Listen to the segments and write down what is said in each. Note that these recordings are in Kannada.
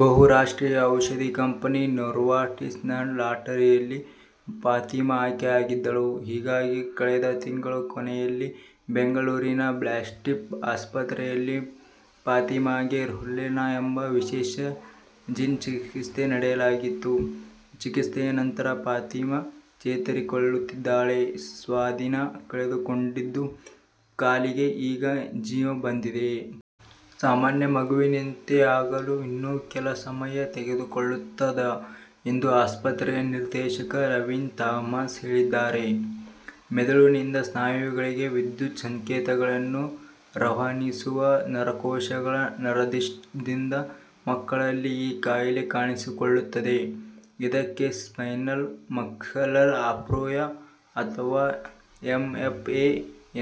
ಬಹು ರಾಷ್ಟ್ರೀಯ ಔಷದ ಕಂಪನಿ ನೋವಾರ್ಟಿಸ್ ನ ಲಾಟರಿಯಲ್ಲಿ ಫಾತಿಮಾ ಆಯ್ಕೆಯಾಗಿದ್ದಳು. ಹೀಗಾಗಿ ಕಳೆದ ತಿಂಗಳ ಕೊನೆಯಲ್ಲಿ ಬೆಂಗಳೂರಿನ ಬ್ಯಾಪ್ಟಿಸ್ಟ್ ಆಸ್ಪತ್ರೆಯಲ್ಲಿ ಫಾತಿಮಾಗೆ ಝೋಲ್ಗೆನ್ಶಾ ಎಂಬ ವಿಶೇಷ ಜೀನ್ ಚಿಕಿತ್ಸೆ ನಡೆಸಲಾಗಿತ್ತು. ಚಿಕಿತ್ಸೆಯ ನಂತರ ಫಾತಿಮಾ ಚೇತರಿಸಿಕೊಳ್ಳುತ್ತಿದ್ದಾಳೆ. ಸ್ವಾಧೀನ ಕಳೆದುಕೊಂಡಿದ್ದ ಕಾಲಿಗೆ ಈಗ ಜೀವ ಬಂದಿದೆ. ಸಾಮಾನ್ಯ ಮಗುವಿನಂತೆ ಆಗಲು ಇನ್ನೂ ಕೆಲ ಸಮಯ ತೆಗೆದುಕೊಳ್ಳುತ್ತೆದ ಎಂದು ಆಸ್ಪತ್ರೆಯ ನಿರ್ದೇಶಕ ನವೀನ್ ಥಾಮಸ್ ಹೇಳಿದ್ದಾರೆ. ಮೆದುಳಿನಿಂದ ಸ್ನಾಯುಗಳಿಗೆ ವಿದ್ಯುತ್ ಸಂಕೇತಗಳನ್ನು ರವಾನಿಸುವ ನರಕೋಶಗಳ ನಷ್ಟದಿಂದ ಮಕ್ಕಳಲ್ಲಿ ಈ ಕಾಯಿಲೆ ಕಾಣಿಸಿಕೊಳ್ಳುತ್ತದೆ. ಇದಕ್ಕೆ ಸ್ಪೈನಲ್ ಮಸ್ಕುಲರ್ ಅಟ್ರೋಫಿ ಅಥವಾ ಎಸ್ಎಂಎ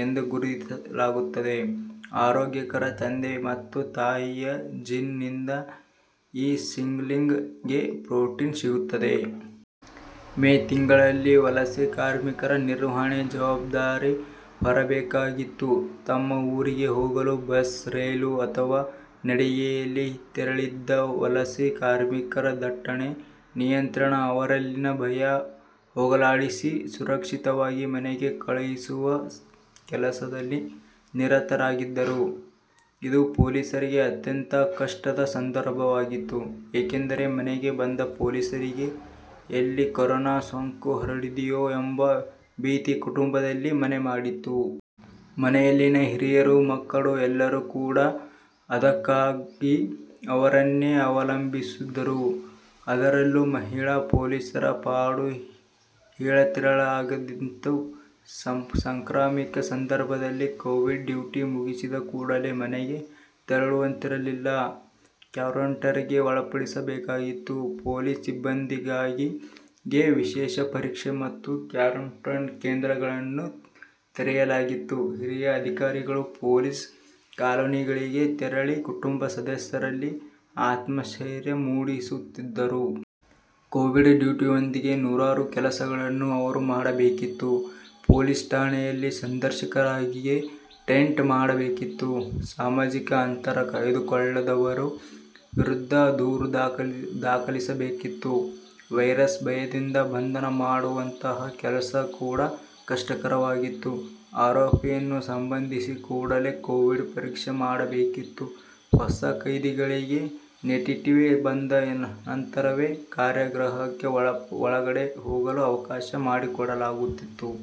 ಎಂದು ಗುರುತಿಯಲಾಗುತ್ತದೆ. ಆರೋಗ್ಯಕರ ತಂದೆ-ತಾಯಿಯ ಜೀನ್ ನಿಂದ ಈ ಸಿಗ್ನಲಿಂಗ್ ಗೆ ಪ್ರೋಟೀನ್ ಸಿಗುತ್ತದೆ. ಮೇ ತಿಂಗಳಲ್ಲಿ ವಲಸೆ ಕಾರ್ಮಿಕರ ನಿರ್ವಹಣೆ ಜವಾಬ್ದಾರಿ ಹೊರಬೇಕಾಗಿತ್ತು. ತಮ್ಮ ಊರಿಗೆ ಹೋಗಲು ಬಸ್, ರೈಲು ಅಥವಾ ನಡಿಗೆಯಲ್ಲಿ ತೆರಳಿದ್ದ ವಲಸೆ ಕಾರ್ಮಿಕರ ದಟ್ಟಣೆ ನಿಯಂತ್ರಣ, ಅವರಲ್ಲಿನ ಭಯ ಹೋಗಲಾಡಿಸಿ, ಸುರಕ್ಷಿತವಾಗಿ ಮನೆಗೆ ಕಳುಹಿಸುವ ಕೆಲಸದಲ್ಲಿ ನಿರತರಾಗಿದ್ದರು. ಇದು ಪೊಲೀಸರಿಗೆ ಅತ್ಯಂತ ಕಷ್ಟದ ಸಂದರ್ಭವಾಗಿತ್ತು. ಏಕೆಂದರೆ ಮನೆಗೆ ಬಂದ ಪೊಲೀಸರಿಗೆ ಎಲ್ಲಿ ಕೊರೋನಾ ಸೋಂಕು ಹರಡಿದೆಯೋ ಎಂಬ ಭೀತಿ ಕುಟುಂಬದಲ್ಲಿ ಮನೆ ಮಾಡಿತ್ತು. ಮನೆಯಲ್ಲಿನ ಹಿರಿಯರು, ಮಕ್ಕಳು ಎಲ್ಲರೂ ಕೂಡಾ ಆದಾಯಕ್ಕಾಗಿ ಅವರನ್ನೇ ಅವಲಂಬಿಸಿದ್ದರು. ಅದರಲ್ಲೂ ಮಹಿಳಾ ಪೊಲೀಸರ ಪಾಡು ಹೇಳತೀರದಂತಾಗಿತ್ತು. ಸಾಂಕ್ರಾಮಿಕ ಸಂದರ್ಭದಲ್ಲಿ ಕೋವಿಡ್ ಡ್ಯೂಟಿ ಮುಗಿಸಿದ ಕೂಡಲೇ ಮನೆಗೆ ತೆರಳುವಂತಿರಲಿಲ್ಲ. ಕ್ವಾರಂಟೈನ್ ಗೆ ಒಳಪಡಬೇಕಾಗಿತ್ತು. ಪೊಲೀಸ್ ಸಿಬ್ಬಂದಿಗಾಗಿಯೇ ವಿಶೇಷ ಪರೀಕ್ಷೆ ಮತ್ತು ಕ್ವಾರಂಟೈನ್ ಕೇಂದ್ರಗಳನ್ನು ತೆರೆಯಲಾಗಿತ್ತು. ಹಿರಿಯ ಅಧಿಕಾರಿಗಳು ಪೊಲೀಸ್ ಕಾಲೋನಿಗಳಿಗೆ ತೆರಳಿ, ಕುಟುಂಬ ಸದಸ್ಯರಲ್ಲಿ ಆತ್ಮಸ್ಥೈರ್ಯ ಮೂಡಿಸುತ್ತಿದ್ದರು. ಕೋವಿಡ್ ಡ್ಯೂಟಿಯೊಂದಿಗೆ ನೂರಾರು ಕೆಲಸಗಳನ್ನು ಅವರು ಮಾಡಬೇಕಿತ್ತು. ಪೊಲೀಸ್ ಠಾಣೆಯಲ್ಲಿ ಸಂದರ್ಶನಕಾರರಿಗೆ ಟೆಂಟ್ ಮಾಡಬೇಕಿತ್ತು. ಸಾಮಾಜಿಕ ಅಂತರ ಕಾಯ್ದುಕೊಳ್ಳದವರ ವಿರುದ್ಧ ದೂರು ದಾಖಲಿಸಬೇಕಿತ್ತು. ವೈರಸ್ ಭಯದಿಂದ ಬಂಧನ ಮಾಡುವಂತಹ ಕೆಲಸ ಕೂಡಾ ಕಷ್ಟಕರವಾಗಿತ್ತು. ಆರೋಪಿಯನ್ನು ಬಂಧಿಸಿದ ಕೂಡಲೇ ಕೋವಿಡ್ ಪರೀಕ್ಷೆ ಮಾಡಿಸಬೇಕಿತ್ತು. ಹೊಸ ಖೈದಿಗಳಿಗೆ ನೆಗೆಟಿವ್ ಬಂದ ನಂತರವೇ ಕಾರಾಗೃಹದ ಒಳಗಡೆ ಹೋಗಲು ಅವಕಾಶ ಮಾಡಿಕೊಡಲಾಗುತಿತ್ತು.